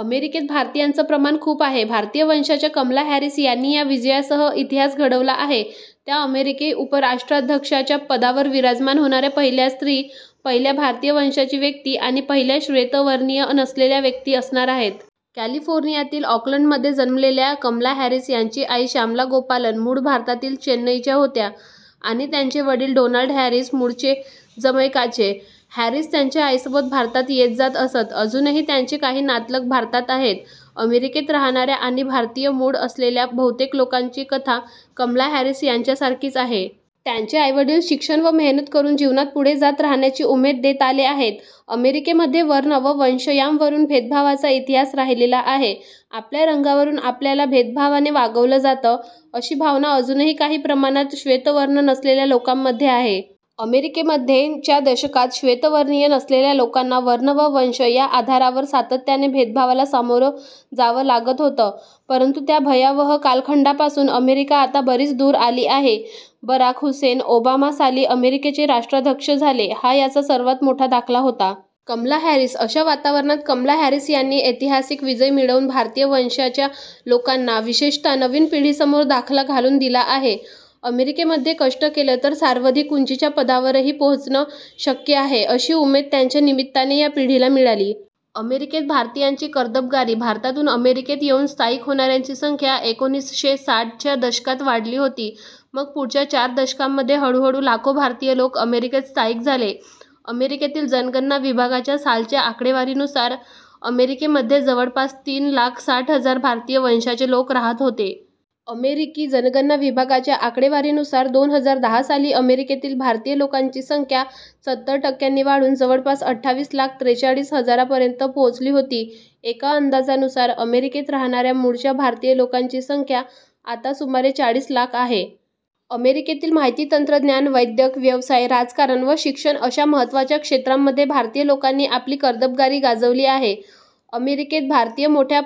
अमेरिकेत भारतीयांचं प्रमाण खूप आहे. भारतीय वंशाच्या कमला हॅरिस यांनी या विजयासह इतिहास घडवला आहे. त्या अमेरिकी उपराष्ट्राध्यक्षाच्या पदावर विराजमान होणाऱ्या पहिल्या स्त्री, पहिल्या भारतीय वंशाची व्यक्ती आणि पहिल्या श्वेतवर्णीय नसलेल्या व्यक्ती असणार आहेत. कॅलिफोर्नियातील ऑकलंडमध्ये जन्मलेल्या कमला हॅरिस यांची आई श्यामला गोपालन मूळ भारतातील चेन्नईच्या होत्या आणि त्यांचे वडील डोनाल्ड हॅरिस मूळचे जमैकाचे. हॅरिस त्यांच्या आईसोबत भारतात येत-जात असत. अजूनही त्यांचे काही नातलग भारतात आहेत. अमेरिकेत राहणाऱ्या आणि भारतीय मुळं असलेल्या बहुतेक लोकांची कथा कमला हॅरिस यांच्यासारखीच आहे. त्यांचे आईवडील शिक्षण व मेहनत करून जीवनात पुढे जात राहण्याची उमेद देत आले आहेत. अमेरिकेमध्ये वर्ण व वंश यांवरून भेदभावाचा इतिहास राहिलेला आहे. आपल्या रंगावरून आपल्याला भेदभावाने वागवलं जातं, अशी भावना अजूनही काही प्रमाणात श्वेतवर्ण नसलेल्या लोकांमध्ये आहे. अमेरिकेमध्ये च्या दशकात श्वेतवर्णीय नसलेल्या लोकांना वर्ण व वंश या आधारावर सातत्याने भेदभावाला सामोरं जावं लागत होतं, परंतु त्या भयावह कालखंडापासून अमेरिका आता बरीच दूर आली आहे. बराक हुसेन ओबामा साली अमेरिकेचे राष्ट्राध्यक्ष झाले, हा याचा सर्वांत मोठा दाखला होता. कमला हॅरिस अशा वातावरणात कमला हॅरिस यांनी ऐतिहासिक विजय मिळवून भारतीय वंशाच्या लोकांना, विशेषतः नवीन पिढीसमोर दाखला घालून दिला आहे. अमेरिकेमध्ये कष्ट केलं तर सर्वाधिक उंचीच्या पदांवरही पोहोचणं शक्य आहे, अशी उमेद त्यांच्या निमित्ताने या पिढीला मिळाली. अमेरिकेत भारतीयांची कर्तबगारी भारतातून अमेरिकेत येऊन स्थायिक होणाऱ्यांची संख्या एकोणीसशे साठ च्या दशकात वाढली होती. मग पुढच्या चार दशकांमध्ये हळूहळू लाखो भारतीय लोक अमेरिकेत स्थायिक झाले. अमेरिकेतील जनगणना विभागाच्या सालच्या आकडेवारीनुसार अमेरिकेमध्ये जवळपास तीन लाख साठ हजार भारतीय वंशाचे लोक राहत होते. अमेरिकी जनगणना विभागाच्या आकडेवारीनुसार, दोन हजार दहा साली अमेरिकेतील भारतीय लोकांची संख्या सत्तर टक्क्यांनी वाढून जवळपास अठ्ठावीस लाख त्रेचाळीस हजारांपर्यंत पोचली होती. एका अंदाजानुसार, अमेरिकेत राहणाऱ्या मूळच्या भारतीय लोकांची संख्या आता सुमारे चाळीस लाख आहे. अमेरिकेतील माहिती-तंत्रज्ञान, वैद्यक, व्यवसाय, राजकारण व शिक्षण अशा महत्त्वाच्या क्षेत्रांमध्ये भारतीय लोकांनी आपली कर्तबगारी गाजवली आहे. अमेरिकेत भारतीय मोठ्या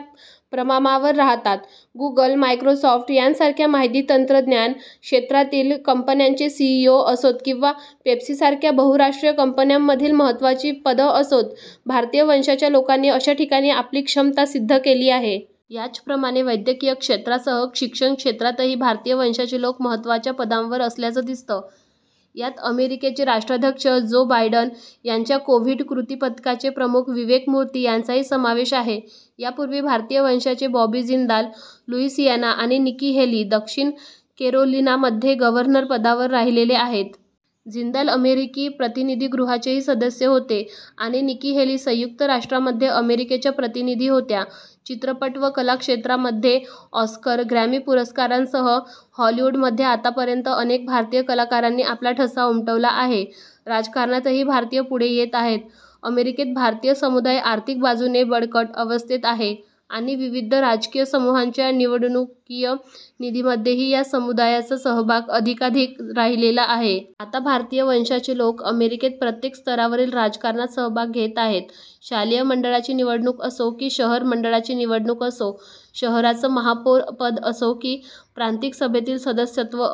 प्रमामावर राहतात. गुगल, मायक्रोसॉफ्ट यांसारख्या माहिती-तंत्रज्ञान क्षेत्रातील कंपन्यांचे सीईओ असोत किंवा पेप्सीसारख्या बहुराष्ट्रीय कंपन्यांमधील महत्त्वाची पदं असोत, भारतीय वंशाच्या लोकांनी अशा ठिकाणी आपली क्षमता सिद्ध केली आहे. याच प्रमाणे वैद्यकीय क्षेत्रासह शिक्षण क्षेत्रातही भारतीय वंशाचे लोक महत्त्वाच्या पदांवर असल्याचं दिसतं. यात अमेरिकेचे राष्ट्राध्यक्ष जो बायडन यांच्या कोव्हिड कृतिपथकाचे प्रमुख विवेक मूर्ती यांचाही समावेश आहे. यापूर्वी भारतीय वंशाचे बॉबी जिंदाल लुइसियाना आणि निकी हेली दक्षिण कॅरोलिनामध्ये गव्हर्नर पदावर राहिलेले आहेत. जिंदाल अमेरिकी प्रतिनिधीगृहाचेही सदस्य होते आणि निकी हेली संयुक्त राष्ट्रांमध्ये अमेरिकेच्या प्रतिनिधी होत्या. चित्रपट व कला क्षेत्रामध्ये ऑस्कर, ग्रॅमी पुरस्कारांसह हॉलिवूडमध्ये आत्तापर्यंत अनेक भारतीय कलाकारांनी आपला ठसा उमटवला आहे. राजकारणातही भारतीय पुढे येत आहेत अमेरिकेत भारतीय समुदाय आर्थिक बाजूने बळकट अवस्थेत आहे आणि विविध राजकीय समूहांच्या निवडणुकीय निधीमध्येही या समुदायाचा सहभाग अधिकाधिक राहिलेला आहे. आता भारतीय वंशाचे लोक अमेरिकेत प्रत्येक स्तरावरील राजकारणात सहभाग घेत आहेत. शालेय मंडळाची निवडणूक असो की शहर मंडळाची निवडणूक असो, शहराचं महापौर पद असो की प्रांतिक सभेतील सदस्यत्व